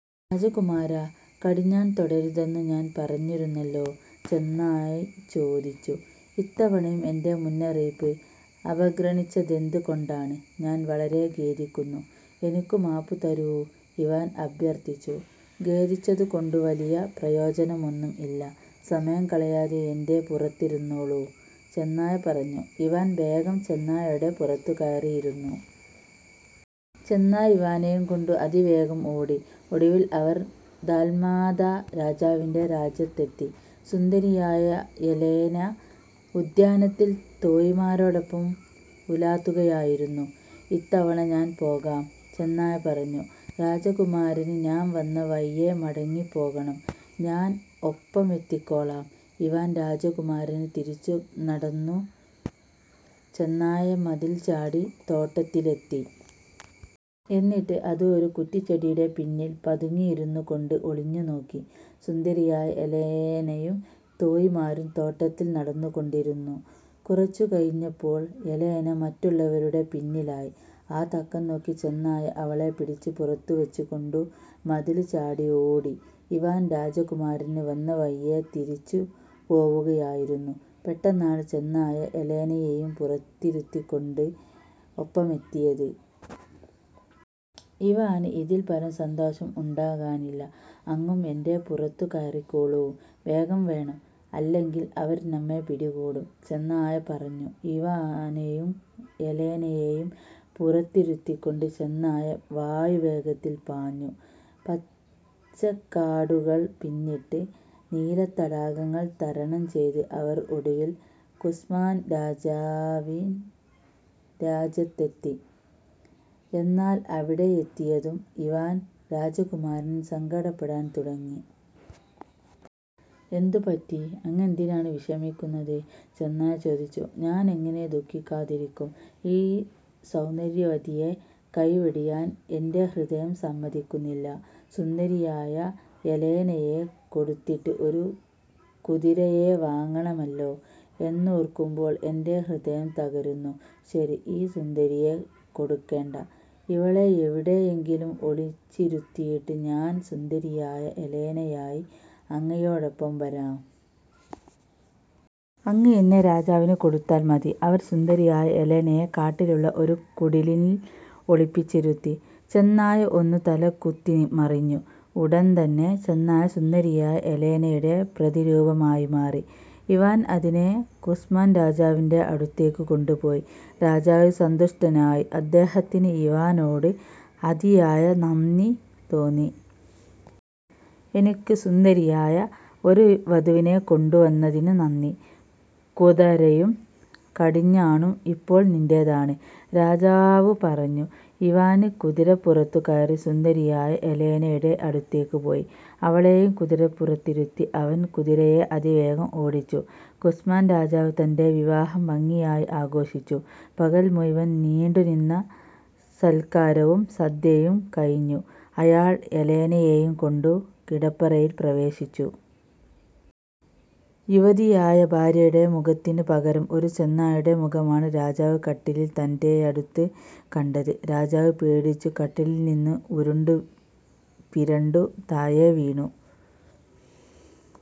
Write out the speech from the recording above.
"രാജകുമാരാ, കടിഞ്ഞാണ് തൊടരുതെന്നു ഞാന് പറഞ്ഞിരുന്നല്ലോ! " ചെന്നായ് ചോദിച്ചു. "ഇത്തവണയും എന്റെ മുന്നറിയിപ്പ് അവഗ്രണിച്ചതെന്ത് കൊണ്ടാണ്? " "ഞാന് വളരെ ഖേദിക്കുന്നു. എനിക്കു മാപ്പുതരൂ. " ഇവാന് അഭ്യര്ത്ഥിച്ചു. "ഖേദിച്ചതുകൊണ്ടു വലിയ പ്രയോജനമൊന്നും ഇല്ല. സമയം കളയാതെ എന്റെ പുറത്തിരുന്നോളൂ" ചെന്നായ പറഞ്ഞു. ഇവാന് വേഗം ചെന്നായയുടെ പുറത്തു കയറി ഇരുന്നു. ചെന്നായ ഇവാനേയുംകൊണ്ടു അതിവേഗം ഓടി. ഒടുവില് അവര് ദാല്മാത രാജാവിന്റെ രാജ്യത്തെത്തി. സുന്ദരിയായ യെലേന ഉദ്യാനത്തില് തോഴിമാരോടൊപ്പം ഉലാത്തുകയായിരുന്നു. "ഇത്തവണ ഞാന് പോകാം" ചെന്നായ പറഞ്ഞു. "രാജകുമാരന് നാം വന്ന വഴിയെ മടങ്ങിപ്പോകണം. ഞാന് ഒപ്പമെത്തിക്കോളാം. " ഇവാന് രാജകുമാരന് തിരിച്ചു നടന്നു. ചെന്നായ് മതില് ചാടി തോട്ടത്തിലെത്തി. എന്നിട്ട് അത് ഒരു കുററിച്ചെടിയുടെ പിന്നില് പതുങ്ങിയിരുന്നു കൊണ്ട് ഒളിഞ്ഞുനോക്കി. സുന്ദരിയായ യെലേനയും തോഴിമാരും തോട്ടത്തില് നടന്നുകൊണ്ടിരുന്നു. കുറച്ചുകഴിഞ്ഞപ്പോള് യെലേന മററുള്ളവരുടെ പിന്നിലായി. ആ തക്കംനോക്കി ചെന്നായ അവളെ പിടിച്ച് പുറത്തു വച്ചുകൊണ്ടു മതില് ചാടി ഓടി. ഇവാന് രാജകുമാരന് വന്നവഴിയെ തിരിച്ചുപോവുകയായിരുന്നു. പെട്ടെന്നാണ് ചെന്നായ യെലേനയേയും പുറത്തിരുത്തിക്കൊണ്ട് ഒപ്പമെത്തിയത്. ഇവാന് ഇതില്പ്പരം സന്തോഷം ഉണ്ടാകാനില്ല! "അങ്ങും എന്റെപുറത്തു കയറിക്കോളൂ. വേഗം വേണം. അല്ലെങ്കില് അവര് നമ്മെ പിടികൂടും" ചെന്നായ പറഞ്ഞു. ഇവാനെയും യെലേനയേയും പുറത്തിരുത്തിക്കൊണ്ട് ചെന്നായ വായുവേഗത്തില് പാഞ്ഞു. പച്ചക്കാടുകള് പിന്നിട്ട് നീലത്തടാകങ്ങള് തരണം ചെയ്ത് അവര് ഒടുവില് കുസ്മാന് രാജാവി െറ രാജ്യത്തെത്തി. എന്നാല് അവിടെയെത്തിയതും ഇവാന് രാജകുമാരന് സങ്കടപ്പെടാന് തുടങ്ങി. "എന്തു പറ്റി? അങ്ങേന്തിനാണ് വിഷമിക്കുന്നത്? " ചെന്നായ ചോദിച്ചു. "ഞാനെങ്ങിനെ ദുഃഖിക്കാതിരിക്കും? ഈ സൌന്ദര്യവതിയെ കൈവെടിയാന് എന്റെ ഹൃദയം സമ്മതിക്കുന്നില്ല. സുന്ദരിയായ യെലേനയെ കൊടുത്തിട്ട് ഒരു കുതിരയെ വാങ്ങണമല്ലോ എന്നോര്ക്കുമ്പോള് എന്റെ ഹൃദയം തകരുന്നു. " "ശരി. ഈ സുന്ദരിയെ കൊടുക്കേണ്ട. ഇവളെ എവിടെയെങ്കിലും ഒളിച്ചിരുത്തിയിട്ട് ഞാന് സുന്ദരിയായ യെലേനയായി അങ്ങയോടൊപ്പം വരാം. അങ്ങ് എന്നെ രാജാവിന് കൊടുത്താല് മതി. " അവര് സുന്ദരിയായ യെലേനയെ കാട്ടിലുള്ള ഒരു കുടിലില് ഒളിപ്പിച്ചിരുത്തി. ചെന്നായ ഒന്നു തലകുത്തിമറിഞ്ഞു. ഉടന്തന്നെ ചെന്നായ സുന്ദരിയായ യെലേനയുടെ പ്രതിരൂപമായി മാറി! ഇവാന് അതിനെ കുസ്മാന് രാജാവിന്റെ അടുത്തേയ്ക്ക് കൊണ്ടുപോയി. രാജാവ് സന്തുഷ്ടനായി. അദ്ദേഹത്തിന് ഇവാനോട് അതിയായ നന്ദി തോന്നി. "എനിക്ക് സുന്ദരിയായ' ഒരു വധുവിനെ കൊണ്ടുവന്നതിനു നന്ദി. കുതരയും കടിഞ്ഞാണും ഇപ്പോള് നിന്റേതാണ്! " രാജാവു പറഞ്ഞു ഇവാന് കുതിരപ്പുറത്തു കയറി സുന്ദരിയായ യെലേനയുടെ അടുത്തേക്കു പോയി. അവളേയും കതിരപ്പുറത്തിരുത്തി അവന് കുതിരയെ അതിവേഗം ഓടിച്ചു. കുസ്മാന് രാജാവ് തന്റെ വിവാഹം ഭംഗിയായി ആഘോഷിച്ചു. പകല് മുഴുവന് നീണ്ടുനിന്ന സല്ക്കാരവും സദ്യയും കഴിഞ്ഞു അയാള് യെലേനയേയും കൊണ്ടു കിടപ്പറയില് പ്രവേശിച്ചു. യുവതിയായ ഭാര്യയുടെ മുഖത്തിനു പകരം ഒരു ചെന്നായുടെ മുഖമാണ് രാജാവ് കട്ടിലില് തന്റെയടുത്ത് കണ്ടത്. രാജാവ് പേടിച്ചു കട്ടിലില്നിന്നും ഉരുണ്ടു പിരണ്ടു താഴെ വീണു.